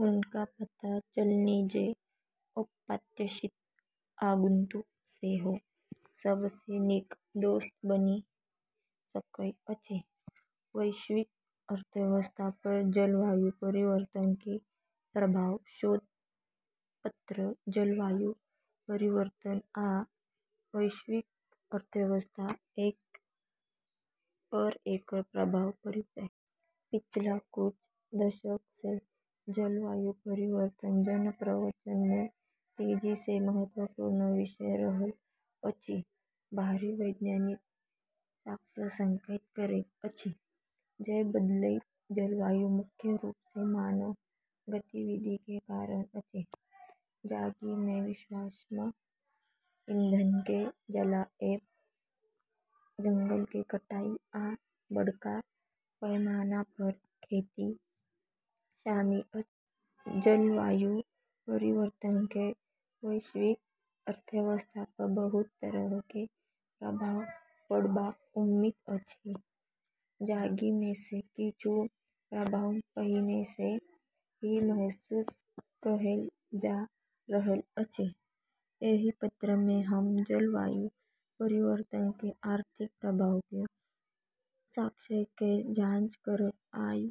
हुनका पता चललनि जे अप्रत्याशित आगंतुक सेहो सबसँ नीक दोस्त बनि सकैत अछि। वैश्विक अर्थव्यवस्था पर जलवायु परिवर्तन के प्रभाव - शोध पत्र। जलवायु परिवर्तन आ वैश्विक अर्थव्यवस्था पर एकर प्रभाव - परिचय। पिछला कुछ दशक सँ जलवायु परिवर्तन जन-प्रवचन मे तेजी सँ महत्वपूर्ण विषय रहल अछि। भारी वैज्ञानिक साक्ष्य संकेत करैत अछि जे बदलैत जलवायु मुख्य रूप सँ मानव गतिविधि के कारण अछि, जाहि मे जीवाश्म ईंधन के जलाएब, जंगल के कटाई, आ बड़का पैमाना पर खेती शामिल अछि। जलवायु परिवर्तन के वैश्विक अर्थव्यवस्था पर बहुत तरह के प्रभाव पड़बाक उम्मीद अछि, जाहि मे सँ किछु प्रभाव पहिने सँ ही महसूस कएल जा रहल अछि। एहि पत्र मे हम जलवायु परिवर्तन के आर्थिक प्रभाव के साक्ष्य के जांच करब, आ ई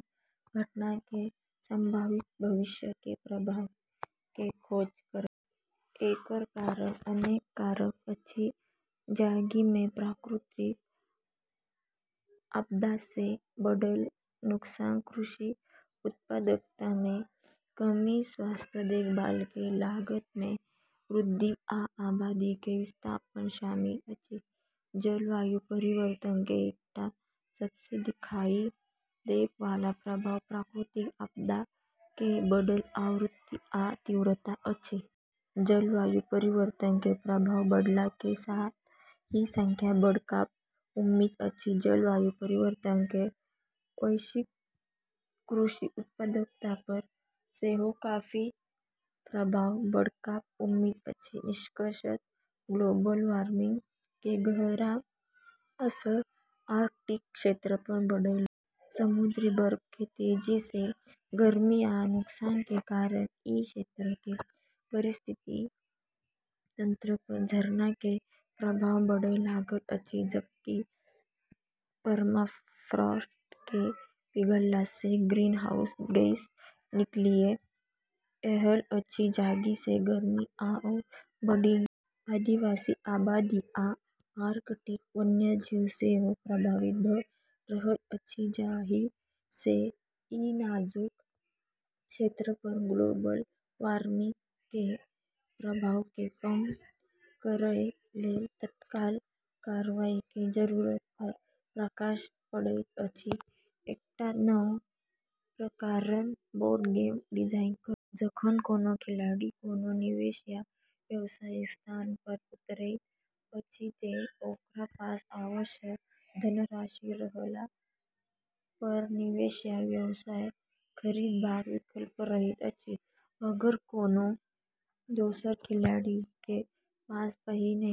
घटना के संभावित भविष्य के प्रभाव के खोज करब। एकर कारण अनेक कारक अछि, जाहि मे प्राकृतिक आपदा सँ बढ़ल नुकसान, कृषि उत्पादकता मे कमी, स्वास्थ्य देखभाल के लागत मे वृद्धि, आ आबादी के विस्थापन शामिल अछि। जलवायु परिवर्तन के एकटा सबसँ दिखाई देब वाला प्रभाव प्राकृतिक आपदा के बढ़ल आवृत्ति आ तीव्रता अछि। जलवायु परिवर्तन के प्रभाव बढ़ला के साथ ई संख्या बढ़बाक उम्मीद अछि। जलवायु परिवर्तन के वैश्विक कृषि उत्पादकता पर सेहो काफी प्रभाव पड़बाक उम्मीद अछि। निष्कर्षतः ग्लोबल वार्मिंग के गहरा असर आर्कटिक क्षेत्र पर पड़य लागल अछि। समुद्री बर्फ के तेजी सँ गर्मी आ नुकसान के कारण ई क्षेत्र के पारिस्थितिकी तंत्र पर झरना के प्रभाव पड़य लागल अछि, जबकि परमाफ्रॉस्ट के पिघलला सँ ग्रीनहाउस गैस निकलिए रहल अछि, जाहि सँ गर्मी आओर बढ़ि गेल अछि। आदिवासी आबादी आ आर्कटिक वन्यजीव सेहो प्रभावित भ' रहल अछि, जाहि सँ ई नाजुक क्षेत्र पर ग्लोबल वार्मिंग के प्रभाव केँ कम करय लेल तत्काल कार्रवाई के जरूरत पर प्रकाश पड़ैत अछि। एकटा नव प्रकारक बोर्ड गेम डिजाइन करू। जखन कोनो खिलाड़ी कोनो निवेश या व्यवसायिक स्थान पर उतरैत अछि तँ ओकरा पास आवश्यक धनराशि रहला पर निवेश या व्यवसाय खरीदबाक विकल्प रहैत अछि। अगर कोनो दोसर खिलाड़ी के पास पहिने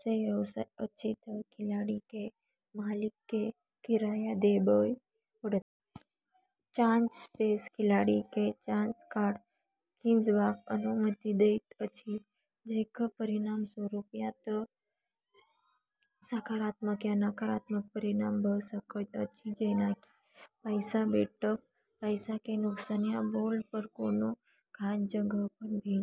सँ व्यवसाय अछि तँ खिलाड़ी केँ मालिक केँ किराया देबय पड़त। चांस स्पेस खिलाड़ी केँ चांस कार्ड खींचबाक अनुमति दैत अछि जेकर परिणामस्वरूप या तँ सकारात्मक या नकारात्मक परिणाम भ' सकैत अछि जेना कि पैसा भेटब, पैसा के नुकसान, या बोर्ड पर कोनो खास जगह पर भेजल जाएब।